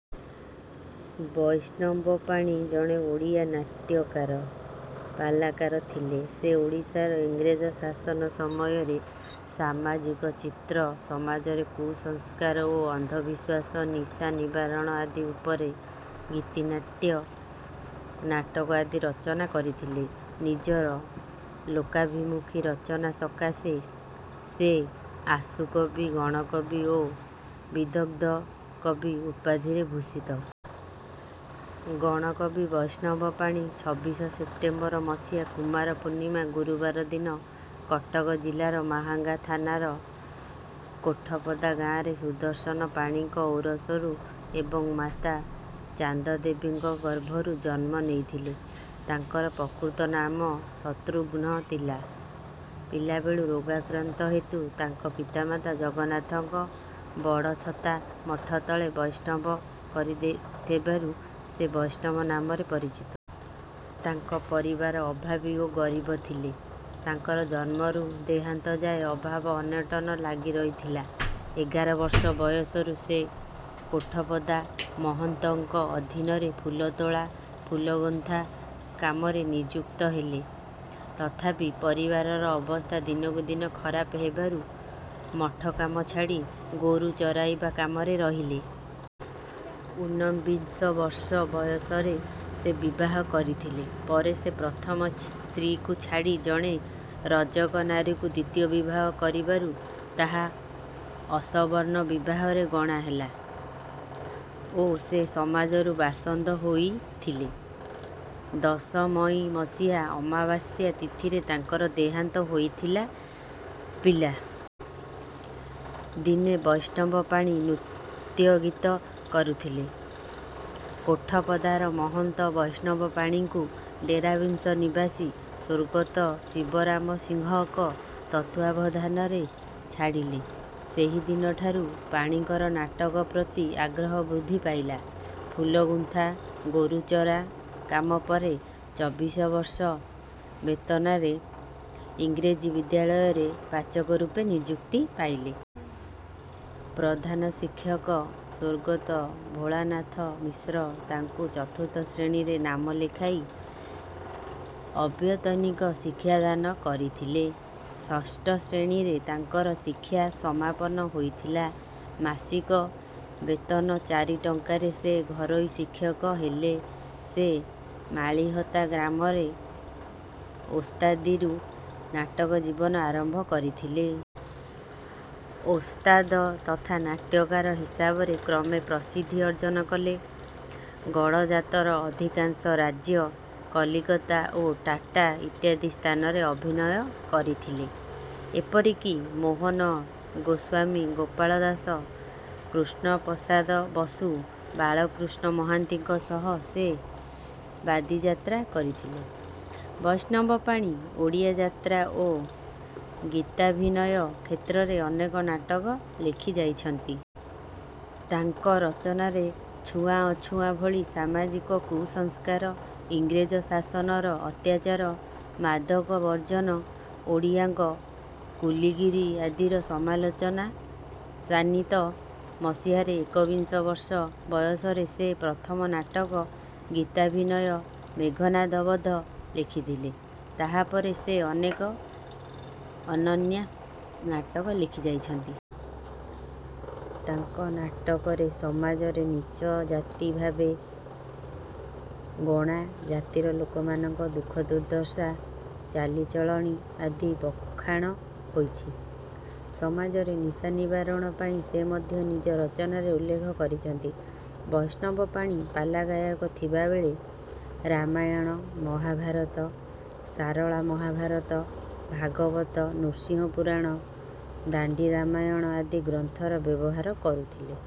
ବୈଷ୍ଣବ ପାଣି ଜଣେ ଓଡ଼ିଆ ନାଟ୍ୟକାର, ପାଲାକାର ଥିଲେ। ସେ ଓଡ଼ିଶାର ଇଂରେଜ ଶାସନ ସମୟରେ ସାମାଜିକ ଚିତ୍ର, ସମାଜରେ କୁସଂସ୍କାର ଓ ଅନ୍ଧବିଶ୍ୱାସ, ନିଶା ନିବାରଣ ଆଦି ଉପରେ ଗୀତିନାଟ୍ୟ, ନାଟକ ଆଦି ରଚନା କରିଥିଲେ। ନିଜର ଲୋକାଭିମୁଖୀ ରଚନା ସକାଶେ ସେ ଆଶୁକବି, ଗଣକବି ଓ ବିଦଗ୍ଧ କବି ଉପାଧିରେ ଭୂଷିତ। ଗଣକବି ବୈଷ୍ଣବ ପାଣି ଛବିଶ ସେପ୍ଟେମ୍ବର ମସିହା, କୁମାର ପୂର୍ଣ୍ଣିମା ଗୁରୁବାର ଦିନ କଟକ ଜିଲ୍ଲାର ମାହାଙ୍ଗା ଥାନାର କୋଠପଦା ଗାଁରେ ସୁଦର୍ଶନ ପାଣିଙ୍କ ଔରସରୁ ଏବଂ ମାତା ଚାନ୍ଦଦେବୀଙ୍କ ଗର୍ଭରୁ ଜନ୍ମ ନେଇଥିଲେ। ତାଙ୍କର ପ୍ରକୃତ ନାମ ଶତ୍ରୁଘ୍ନ ଥିଲା। ପିଲାବେଳୁ ରୋଗାକ୍ରାନ୍ତ ହେତୁ ତାଙ୍କ ପିତାମାତା ଜଗନ୍ନାଥଙ୍କ ବଡ଼ଛତା ମଠ ତଳେ ବୈଷ୍ଣବ କରିଦେଥିବାରୁ ସେ ବୈଷ୍ଣବ ନାମରେ ପରିଚିତ। ତାଙ୍କ ପରିବାର ଅଭାବୀ ଓ ଗରିବ ଥିଲେ। ତାଙ୍କର ଜନ୍ମରୁ ଦେହାନ୍ତ ଯାଏଁ ଅଭାବ ଅନଟନ ଲାଗିରହିଥିଲା। ଏଗାର ବର୍ଷ ବୟସରୁ ସେ କୋଠପଦା ମହନ୍ତଙ୍କ ଅଧୀନରେ ଫୁଲତୋଳା, ଫୁଲଗୁନ୍ଥା କାମରେ ନିଯୁକ୍ତ ହେଲେ। ତଥାପି ପରିବାରର ଅବସ୍ଥା ଦିନକୁ ଦିନ ଖରାପ ହେବାରୁ ମଠକାମ ଛାଡ଼ି ଗୋରୁ ଚରାଇବା କାମରେ ରହିଲେ। ଉନବିଂଶ ବର୍ଷ ବୟସରେ ସେ ବିବାହ କରିଥିଲେ। ପରେ ସେ ପ୍ରଥମ ସ୍ତ୍ରୀଙ୍କୁ ଛାଡ଼ି ଜଣେ ରଜକ ନାରୀଙ୍କୁ ଦ୍ୱିତୀୟ ବିବାହ କରିବାରୁ ତାହା ଅସବର୍ଣ୍ଣ ବିବାହରେ ଗଣା ହେଲା ଓ ସେ ସମାଜରୁ ବାସନ୍ଦ ହୋଇଥିଲେ। ଦଶ ମଇ ମସିହା ଅମାବାସ୍ୟା ତିଥିରେ ତାଙ୍କର ଦେହାନ୍ତ ହୋଇଥିଲା। ପିଲା ଦିନେ ବୈଷ୍ଣବ ପାଣି ନୃତ୍ୟଗୀତ କରୁଥିଲେ। କୋଠପଦାର ମହନ୍ତ ବୈଷ୍ଣବ ପାଣିଙ୍କୁ ଡେରାବିଂଶ ନିବାସୀ ସ୍ୱର୍ଗତ ଶିବରାମ ସିଂହଙ୍କ ତତ୍ତ୍ୱାବଧାନରେ ଛାଡ଼ିଲେ। ସେହିଦିନଠାରୁ ପାଣିଙ୍କର ନାଟକ ପ୍ରତି ଆଗ୍ରହ ବୃଦ୍ଧି ପାଇଲା। ଫୁଲଗୁନ୍ଥା, ଗୋରୁଚରା କାମ ପରେ ଚବିଶ ବର୍ଷ ବେତନରେ ଇଂରାଜୀ ବିଦ୍ୟାଳୟରେ ପାଚକରୂପେ ନିଯୁକ୍ତି ପାଇଲେ। ପ୍ରଧାନ ଶିକ୍ଷକ ସ୍ୱର୍ଗତ ଭୋଳାନାଥ ମିଶ୍ର ତାଙ୍କୁ ଚତୁର୍ଥ ଶ୍ରେଣୀରେ ନାମ ଲେଖାଇ ଅବୈତନିକ ଶିକ୍ଷା ଦାନ କରିଥିଲେ। ଷଷ୍ଠ ଶ୍ରେଣୀରେ ତାଙ୍କର ଶିକ୍ଷା ସମାପନ ହୋଇଥିଲା। ମାସିକ ବେତନ ଚାରି ଟଙ୍କାରେ ସେ ଘରୋଇ ଶିକ୍ଷକ ହେଲେ। ସେ ମାଳିହତା ଗ୍ରାମରେ ଓସ୍ତାଦିରୁ ନାଟକ ଜୀବନ ଆରମ୍ଭ କରିଥିଲେ। ଓସ୍ତାଦ ତଥା ନାଟ୍ୟକାର ହିସାବରେ କ୍ରମେ ପ୍ରସିଦ୍ଧି ଅର୍ଜନ କଲେ। ଗଡ଼ଜାତର ଅଧିକାଂଶ ରାଜ୍ୟ, କଲିକତା ଓ ଟାଟା ଇତ୍ୟାଦି ସ୍ଥାନରେ ଅଭିନୟ କରିଥିଲେ। ଏପରିକି ମୋହନ ଗୋସ୍ୱାମୀ, ଗୋପାଳ ଦାଶ, କୃଷ୍ଣପ୍ରସାଦ ବସୁ, ବାଳକୃଷ୍ଣ ମହାନ୍ତିଙ୍କ ସହ ସେ ବାଦୀଯାତ୍ରା କରିଥିଲେ। ବୈଷ୍ଣବ ପାଣି ଓଡ଼ିଆ ଯାତ୍ରା ଓ ଗୀତାଭିନୟ କ୍ଷେତ୍ରରେ ଅନେକ ନାଟକ ଲେଖିଯାଇଛନ୍ତି। ତାଙ୍କ ରଚନାରେ ଛୁଆଁଅଛୁଆଁ ଭଳି ସାମାଜିକ କୁସଂସ୍କାର, ଇଂରେଜ ଶାସନର ଅତ୍ୟାଚାର, ମାଦକ ବର୍ଜନ, ଓଡ଼ିଆଙ୍କ କୁଲିଗିରି ଆଦିର ସମାଲୋଚନା ସ୍ଥାନିତ। ମସିହାରେ, ଏକବିଂଶ ବର୍ଷ ବୟସରେ ସେ ପ୍ରଥମ ନାଟକ ଗୀତାଭିନୟ 'ମେଘନାଦ ବଧ' ଲେଖିଥିଲେ। ତାହାପରେ ସେ ଅନେକ ଅନ୍ୟାନ୍ୟ ନାଟକ ଲେଖିଯାଇଛନ୍ତି। ତାଙ୍କ ନାଟକରେ ସମାଜରେ ନୀଚ ଜାତି ଭାବେ ଗଣା ଜାତିର ଲୋକମାନଙ୍କ ଦୁଃଖ ଦୁର୍ଦ୍ଦଶା, ଚାଲିଚଳଣି ଆଦି ବଖାଣ ହୋଇଛି। ସମାଜରେ ନିଶା ନିବାରଣ ପାଇଁ ସେ ମଧ୍ୟ ନିଜ ରଚନାରେ ଉଲ୍ଲେଖ କରିଛନ୍ତି। ବୈଷ୍ଣବ ପାଣି ପାଲା ଗାୟକ ଥିବାବେଳେ ରାମାୟଣ, ମହାଭାରତ, ସାରଳା ମହାଭାରତ, ଭାଗବତ, ନୃସିଂହପୁରାଣ, ଦାଣ୍ଡି ରାମାୟଣ ଆଦି ଗ୍ରନ୍ଥର ବ୍ୟବହାର କରୁଥିଲେ।